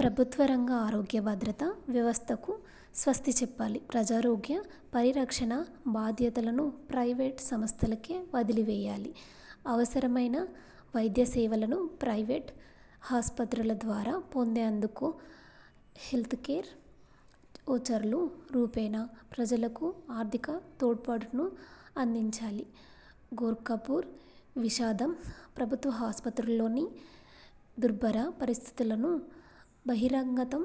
ప్రభుత్వ రంగ ఆరోగ్య భద్రతా వ్యవస్థకు స్వస్తిచెప్పాలి. ప్రజారోగ్య పరిరక్షణ బాధ్యతలను ప్రైవేట్ సంస్థలకే వదిలివేయాలి. అవసరమైన వైద్యసేవలను ప్రైవేట్ ఆస్పత్రుల ద్వారా పొందేందుకు హెల్త్కేర్ ఓచర్ల రూపేణా ప్రజలకు ఆర్థిక తోడ్పాటును అందించాలి. గోరఖ్పూర్ విషాదం ప్రభుత్వాసుపత్రులలోని దుర్భర పరిస్థితులను బహిర్గతం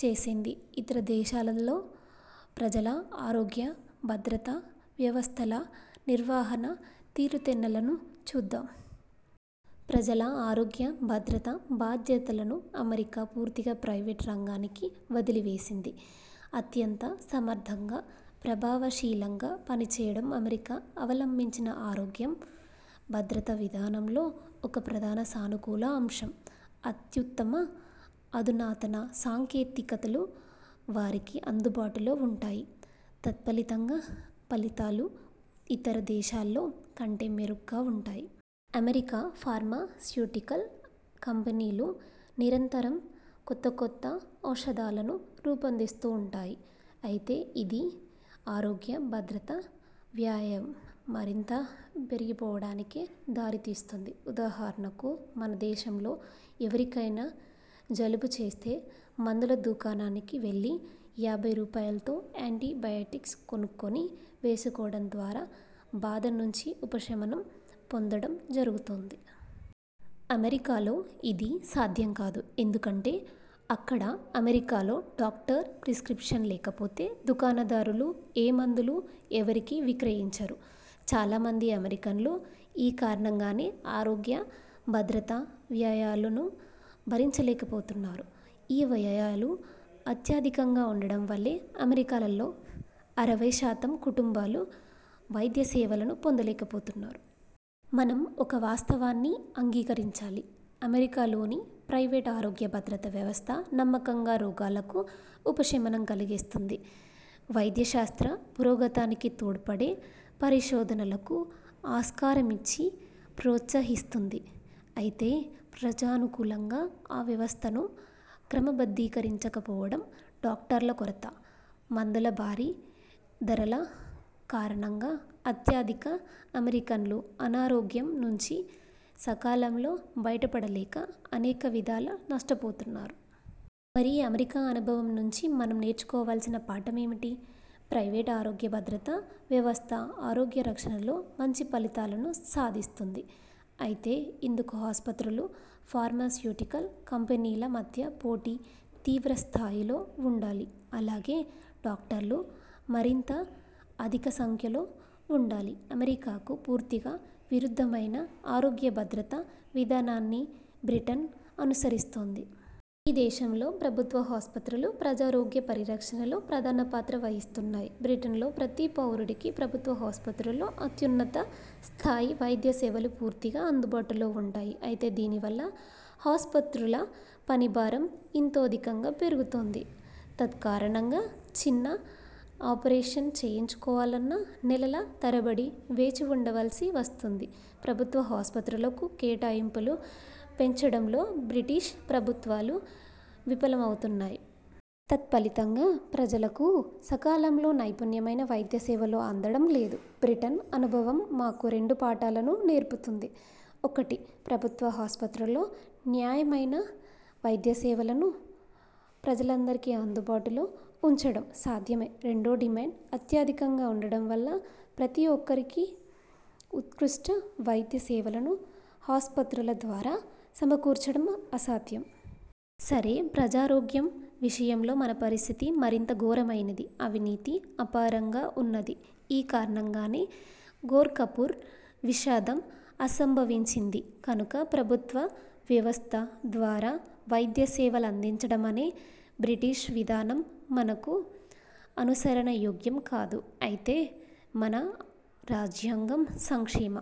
చేసింది. ఇతర దేశాలలో ప్రజల ఆరోగ్య భద్రతా వ్యవస్థల నిర్వహణ తీరుతెన్నులను చూద్దాం. ప్రజల ఆరోగ్య భద్రతా బాధ్యతలను అమెరికా పూర్తిగా ప్రైవేట్ రంగానికి వదిలివేసింది. అత్యంత సమర్థంగా, ప్రభావశీలంగా పనిచేయడం అమెరికా అవలంభించిన ఆరోగ్య భద్రతా విధానంలో ఒక ప్రధాన సానుకూల అంశం. అత్యుత్తమ, అధునాతన సాంకేతికతలు వారికి అందుబాటులో వుంటాయి. తత్ఫలితంగా ఫలితాలూ ఇతర దేశాల్లో కంటే మెరుగ్గా వుంటాయి. అమెరికా ఫార్మాస్యూటికల్ కంపెనీలు నిరంతరం కొత్త కొత్త ఔషధాలను రూపొందిస్తుంటాయి. అయితే ఇది, ఆరోగ్య భద్రతా వ్యయం మరింత పెరిగిపోవడానికే దారితీస్తోంది. ఉదాహరణకు మన దేశంలో ఎవరికైనా జలుబు చేస్తే మందుల దుకాణానికి వెళ్ళి యాభై రూపాయలతో యాన్టీ బయోటిక్స్ను కొనుక్కొని వేసుకోవడం ద్వారా బాధ నుంచి ఉపశమనం పొందడం జరుగుతోంది. అమెరికాలో ఇది సాధ్యంకాదు. ఎందుకంటే అక్కడ అమెరికాలో డాక్టర్ ప్రిస్క్రిప్షన్ లేకపోతే దుకాణదారులు ఏ మందులూ ఎవరికీ విక్రయించరు. చాలా మంది అమెరికన్లు ఈ కారణంగానే ఆరోగ్య భద్రతా వ్యయాలను భరించలేకపోతున్నారు. ఈ వ్యయాలు అత్యధికంగా ఉండడం వల్లే అమెరికాలో అరవై శాతం కుటుంబాలు వైద్యసేవలను పొందలేకపోతున్నాయి. మనం ఒక వాస్తవాన్ని అంగీకరించాలి. అమెరికాలోని ప్రైవేట్ ఆరోగ్యభద్రతా వ్యవస్థ నమ్మకంగా రోగులకు ఉపశమనం కల్గిస్తుంది. వైద్యశాస్త్ర పురోగతికి తోడ్పడే పరిశోధనలకు ఆస్కారమిచ్చి ప్రోత్సహిస్తుంది. అయితే ప్రజానుకూలంగా ఆ వ్యవస్థను క్రమబద్ధీకరించకపోవడం, డాక్టర్ల కొరత, మందుల భారీ ధరల కారణంగా అత్యధిక అమెరికన్లు అనారోగ్యం నుంచి సకాలంలో బయటపడలేక అనేక విధాల నష్టపోతున్నారు. మరి అమెరికా అనుభవం నుంచి మనం నేర్చుకోవల్సిన పాఠమేమిటి? ప్రైవేట్ ఆరోగ్య భద్రతా వ్యవస్థ ఆరోగ్యరక్షణలో మంచిఫలితాలను సాధిస్తుంది. అయితే ఇందుకు ఆస్పత్రులు, ఫార్మాస్యూటికల్ కంపెనీల మధ్య పోటీ తీవ్రస్థాయిలో వుండాలి. అలాగే డాక్టర్లు మరింత అధిక సంఖ్యలో వుండాలి. అమెరికాకు పూర్తిగా విరుద్ధమైన ఆరోగ్యభద్రతా విధానాన్ని బ్రిటన్ అనుసరిస్తోంది. ఈ దేశంలో ప్రభుత్వాసుపత్రులు ప్రజారోగ్య పరిరక్షణలో ప్రధానపాత్ర వహిస్తున్నాయి. బ్రిటన్లో ప్రతి పౌరుడికీ ప్రభుత్వాసుపత్రులలో అత్యున్నత స్థాయి వైద్యసేవలు పూర్తిగా అందుబాటులో వుంటాయి. అయితే దీనివల్ల ఆస్పత్రుల పనిభారం ఇతోధికంగా పెరిగిపోతోంది. తత్కారణంగా చిన్న ఆపరేషన్ చేయించుకోవాలన్నా నెలల తరబడి వేచివుండవలసి వస్తోంది. ప్రభుత్వాసుపత్రులకు కేటాయింపులు పెంచడంలో బ్రిటిష్ ప్రభుత్వాలు విఫలమవుతున్నాయి. తత్ఫలితంగా ప్రజలకు సకాలంలో నాణ్యమైన వైద్యసేవలు అందడం లేదు. బ్రిటన్ అనుభవం మనకు రెండు పాఠాలను నేర్పుతుంది. ఒకటి ప్రభుత్వాసుపత్రుల్లో నాణ్యమైన వైద్యసేవలను ప్రజలందరికీ అందుబాటులో ఉంచడం సాధ్యమే. రెండు డిమాండ్ అత్యధికంగా ఉండడం వల్ల ప్రతి ఒక్కరికీ ఉత్కృష్ట వైద్య సేవలను ప్రభుత్వాసుపత్రుల ద్వారా సమకూర్చడం అసాధ్యం. సరే, ప్రజారోగ్యం విషయంలో మన పరిస్థితి మరింత ఘోరమైనది. అవినీతి అపారంగా ఉన్నది. ఈ కారణంగానే గోరఖ్పూర్ విషాదం సంభవించింది. కనుక ప్రభుత్వ వ్యవస్థ ద్వారా వైద్యసేవలందించడమనే బ్రిటిష్ విధానం మనకు అనుసరణయోగ్యం కాదు. అయితే మన రాజ్యాంగం సంక్షేమ